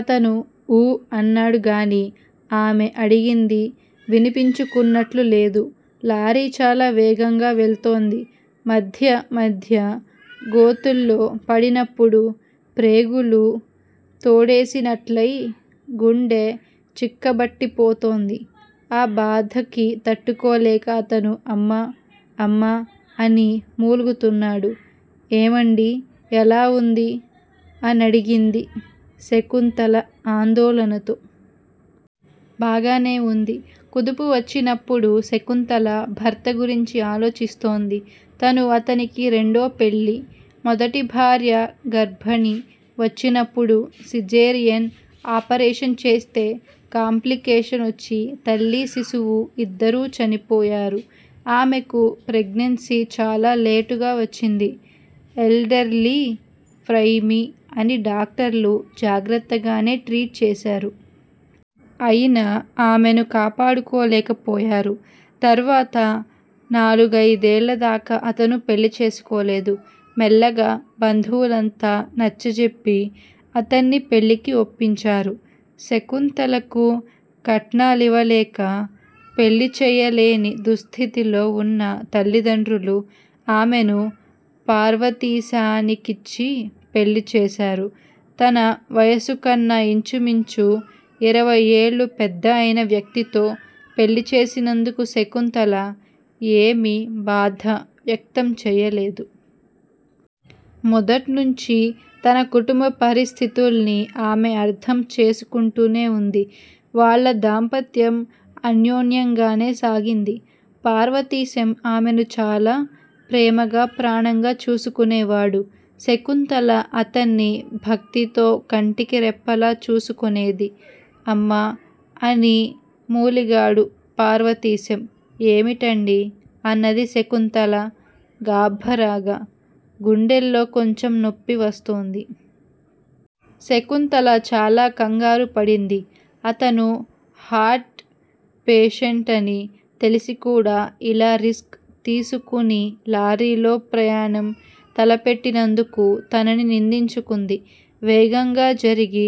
అతను ఊ అన్నాడు గానీ ఆమె అడిగింది వినిపించుకున్నట్లు లేదు. లారీ చాలా వేగంగా వెళ్తోంది. మధ్య మధ్య గోతుల్లో పడినప్పుడు ప్రేగులు తోడేసినట్లై గుండె చిక్కబట్టిపోతోంది. ఆ బాధకి తట్టుకోలేక అతను అమ్మా! అమ్మా! అని మూలుగుతున్నాడు. ఏవండీ! ఎలా వుంది? అనడిగింది శకుంతల ఆందోళనతో. బాగానే ఉంది. కుదుపు వచ్చినప్పుడు శకుంతల భర్త గురించి ఆలోచిస్తోంది. తను అతనికి రెండో పెళ్ళి. మొదటి భార్య గర్భణి వచ్చినప్పుడు సిజేరియన్ ఆపరేషన్ చేస్తే కాంప్లికేషనొచ్చి తల్లి శిశువూ యిద్దరూ చనిపోయారు. ఆమెకు ప్రెగ్నెన్సీ చాలా లేటుగా వచ్చింది. ఎల్డర్లీ ఫ్రైమి అని డాక్టర్లు జాగ్రత్తగానే ట్రీట్ చేశారు. అయినా ఆమెను కాపాడలేకపోయారు. తర్వాత నాలుగయిదేళ్ళదాకా అతను పెళ్ళి చేసుకోలేదు. మెల్లగా బంధువులంతా నచ్చజెప్పి అతన్ని పెళ్ళికి ఒప్పించారు. శకుంతలకు కట్నాలివలేక పెళ్ళి చెయ్యలేని దుస్థితిలో వున్న తలిదండ్రులు ఆమెను పార్వతీశానికిచ్చి పెళ్ళి చేశారు. తన వయసుకన్న యించుమించు ఇరవైఏళ్లు పెద్ద అయిన వ్యక్తితో పెళ్ళి చేసినందుకు శకుంతల ఏమి బాధ వ్యక్తం చేయ్యలేదు. మొదట్నుచీ తన కుటుంబ పరిస్థితుల్ని ఆమె అర్థం చేసుకుంటూనే వుంది. వాళ్ళ దాంపత్యం అన్యోన్యంగానే సాగింది. పార్వతీశం ఆమెను చాలా ప్రేమగా ప్రాణంగా చూసుకునేవాడు. శకుంతల అతన్ని భక్తితో కంటికి రెప్పలా చూసుకొనేది. అమ్మా! అని మూలిగాడు పార్వతీశం. ఏమిటండీ? అన్నది శకుంతల గాభరాగా. గుండెల్లో కొంచెం నొప్పి వస్తోంది. శకుంతల చాలా కంగారుపడింది. అతను హార్డ్ పేషెంటని తెలిసికూడా ఇలా రిస్క్ తీసుకుని లారీలో ప్రయాణం తలపెట్టినందుకు తనని నిందించుకుంది. వేగంగా జరిగి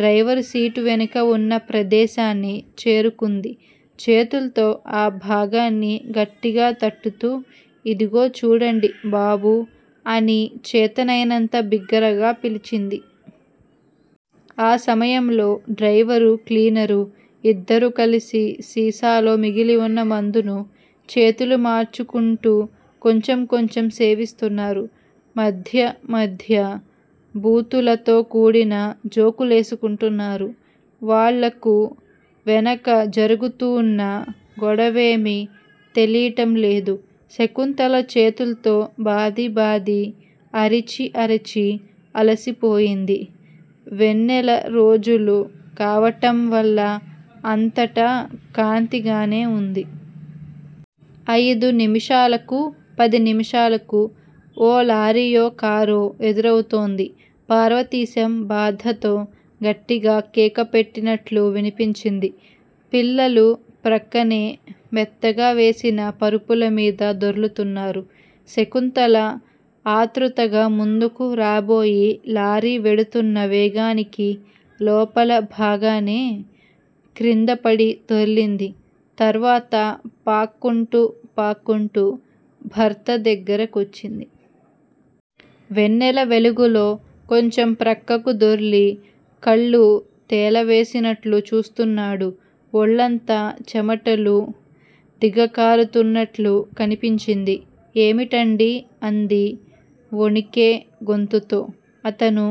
డ్రైవరు సీటు వెనక వున్న ప్రదేశాన్ని చేరుకుంది. చేతుల్తో ఆ భాగాన్ని గట్టిగా తట్టుతూ ఇదిగో చూడండి బాబూ అని చేతనైనంత బిగ్గరగా పిలిచింది. ఆ సమయంలో డ్రైవరు క్లీనరు యిద్దరూ కలిసి సీసాలో మిగిలివున్న మందును చేతులు మార్చుకుంటూ కొంచెం కొంచెం సేవిస్తున్నారు. మధ్య మధ్య బూతులతో కూడిన జోకులేసుకుంటున్నారు. వాళ్ళకు వెనక జరుగుతూన్న గొడవేమి తెలీటంలేదు. శకుంతల చేతుల్తో బాది బాది అరిచి అరిచి అలసిపోయింది. వెన్నెల రోజులు కావటంవల్ల అంతటా కాంతిగానే వుంది. అయిదు నిమిషాలకూ పది నిమిషాలకు ఓ లారీయో కారో ఎదురవుతోంది. పార్వతీశం బాధతో గట్టిగా కేకపెట్టినట్లు వినిపించింది. పిల్లలు ప్రక్కనే మెత్తగా వేసిన పరుపులమీద దొర్లుతున్నారు. శకుంతల ఆతృతగా ముందుకు రాబోయి లారీ వెడుతోన్న వేగానికి లోపల భాగానే క్రిందపడి దొర్లింది. తర్వాత పాక్కుంటూ పాక్కుంటూ భర్త దగ్గర కొచ్చింది. వెన్నెల వెలుగులో కొంచెం ప్రక్కకు దొర్లి కళ్ళు తేలవేసినట్లు చూస్తున్నాడు. వొళ్ళంతా చెమటలు దిగకారుతున్నట్లు కనిపించింది. ఏమిటండీ అంది వొణికే గొంతుతో. అతను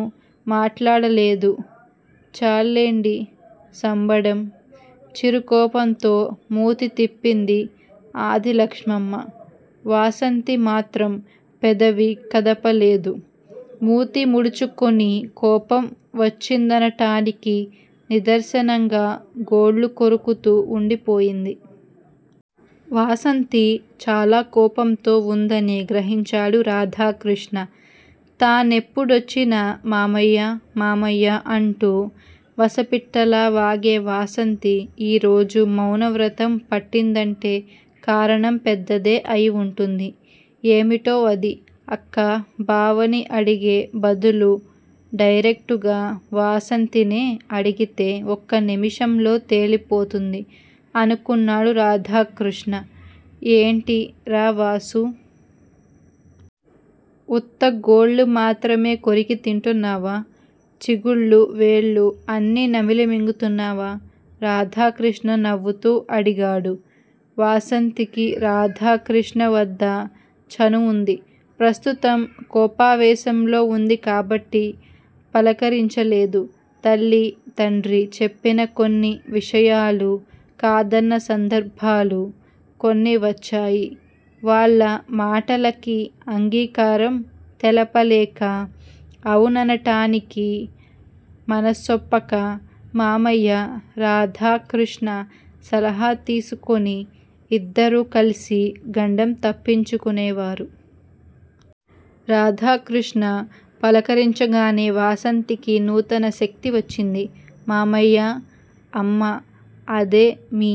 మాట్లాడలేదు. చాల్లేండి సంబడం. చిరుకోపంతో మూతి తిప్పింది ఆదిలక్షమ్మ. వాసంతి మాత్రం పెదవి కదపలేదు. మూతి ముడుచుకుని కోపం వచ్చిందనటానికి నిదర్శనంగా గోళ్ళు కొరుకుతూ వుండిపోయింది. వాసంతి చాలా కోపంతో వుందని గ్రహించాడు రాధాకృష్ణ. తానెప్పుడొచ్చినా మామయ్యా! మామయ్యా! అంటూ వసపిట్టలావాగే వాసంతి ఈరోజు మౌనవ్రతం పట్టిందంటే కారణం పెద్దదే అయివుంటుంది. ఏమిటో అది? అక్కా బావని అడిగే బదులు డైరెక్టుగా వాసంతినే అడిగితే ఒక్క నిమిషంలో తేలిపోతుంది అనుకున్నాడు రాధాకృష్ణ. ఏంటిరావాసూ! ఉత్త గోళ్ళు మాత్రమే కొరికి తింటున్నావా? చిగుళ్ళు వేళ్ళు అన్నీ నమిలిమింగుతున్నావా? రాధాకృష్ణ నవ్వుతూ అడిగాడు. వాసంతికి రాధాకృష్ణవద్ద చనువుంది. ప్రస్తుతం కోపావేశంలో వుంది కాబట్టి పలకరించలేదు. తల్లి తండ్రి చెప్పిన కొన్ని విషయాలు కాదన్న సందర్భాలు కొన్ని వచ్చాయి. వాళ్ళ మాటలకి అంగీకారం తెలపలేక అవుననటానికి మనసొప్పక మామయ్య రాధాకృష్ణ సలహా తీసుకుని ఇద్దరూ కల్సి గండం తప్పించుకునేవారు. రాధాకృష్ణ పలకరించగానే వాసంతికి నూతన శక్తి వచ్చింది. మామయ్యా! అమ్మ అదే మీ